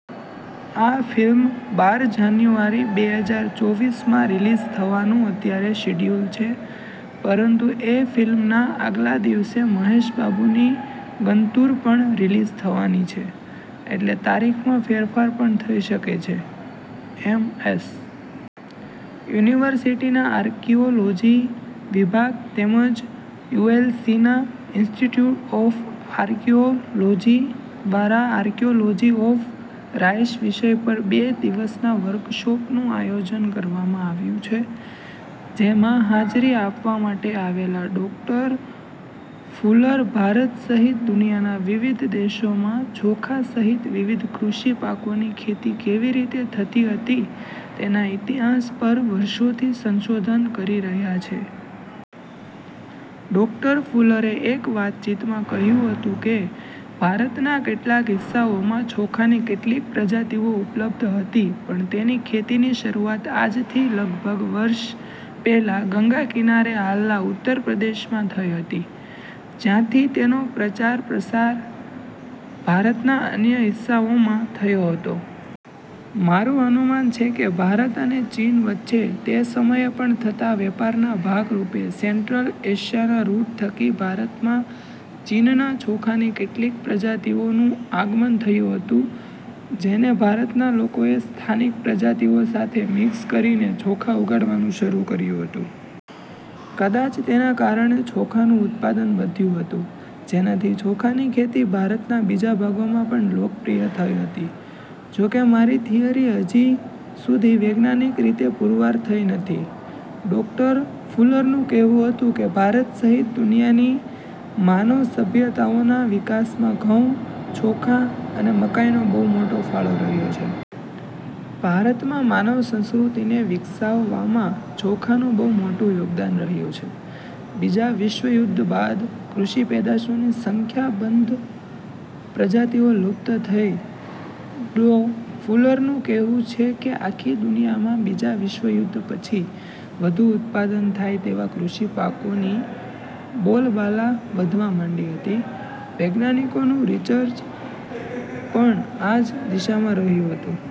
આ ફિલ્મ બાર જાન્યુઆરી બે હજાર ચોવીસમાં રીલિઝ થવાનું અત્યારે શિડ્યુલ છે. પરંતુ એ ફિલ્મના આગલા દિવસે મહેશ બાબુની ગંતુર પણ રીલિઝ થવાની છે, એટલે તારીખમાં ફેરફાર પણ થઈ શકે છે. એમ. એસ. યુનિવર્સિટીના આર્કિઓલોજી વિભાગ તેમજ યુએલસીના ઈન્સ્ટિટયુટ ઓફ આર્કિઓલોજી દ્વારા આર્કિઓલોજી ઓફ રાઈસ વિષય પર બે દિવસના વર્કશોપનુ આયોજન કરવામાં આવ્યુ છે. જેમાં હાજરી આપવા માટે આવેલા ડૉક્ટર ફુલર ભારત સહિત દુનિયાના વિવિધ દેશોમાં ચોખા સહિત વિવિધ કૃષિ પાકોની ખેતી કેવી રીતે થતી હતી તેના ઈતિહાસ પર વર્ષોથી સંશોધન કરી રહ્યા છે. ડૉક્ટર ફુલરે એક વાતચીતમાં કહ્યું હતું કે, ભારતના કેટલાક હિસ્સાઓમાં ચોખાની કેટલીક પ્રજાતિઓ ઉપલબ્ધ હતી પણ તેની ખેતીની શરુઆત આજથી લગભગ વર્ષ પહેલા ગંગા કિનારે હાલના ઉત્તરપ્રદેશમાં થઈ હતી. જ્યાંથી તેનો પ્રચાર પ્રસાર ભારતના અન્ય હિસ્સાઓમાં થયો હતો. મારુ અનુમાન છે કે ભારત અને ચીન વચ્ચે તે સમયે પણ થતા વેપારના ભાગરુપે સેન્ટ્રલ એશિયાના રુટ થકી ભારતમાં ચીનના ચોખાની કેટલીક પ્રજાતિઓનુ આગમન થયુ હતુ. જેને ભારતના લોકોએ સ્થાનિક પ્રજાતિઓ સાથે મિક્સ કરીને ચોખા ઉગાડવાનુ શરુ કર્યુ હતુ. કદાચ તેના કારણે ચોખાનુ ઉત્પાદન વધ્યુ હતુ. જેનાથી ચોખાની ખેતી ભારતના બીજા ભાગોમાં પણ લોકપ્રિય થઈ હતી. જોકે મારી થીયરી હજી સુધી વૈજ્ઞાાનિક રીતે પૂરવાર થઈ નથી. ડૉક્ટર ફુલરનુ કહેવુ હતું કે ભારત સહિત દુનિયાની માનવ સભ્યતાઓના વિકાસમાં ઘઉં, ચોખા અને મકાઈનો બહુ મોટો ફાળો રહ્યો છે. ભારતમાં માનવ સંસ્કૃતિને વિકસાવવામાં ચોખાનુ બહુ મોટુ યોગદાન રહ્યુ છે. બીજા વિશ્વયુધ્ધ બાદ કૃષિ પેદાશોની સંખ્યાબંધ પ્રજાતિઓ લુપ્ત થઈ ડો. ફુલરનુ કહેવુ છે કે આખી દુનિયામાં બીજા વિશ્વયુધ્ધ પછી વધુ ઉત્પાદન થાય તેવા કૃષિ પાકોની બોલબાલા વધવા માંડી હતી. વૈજ્ઞાાનિકોનુ રિસર્ચ પણ આ જ દિશામાં રહ્યુ હતુ.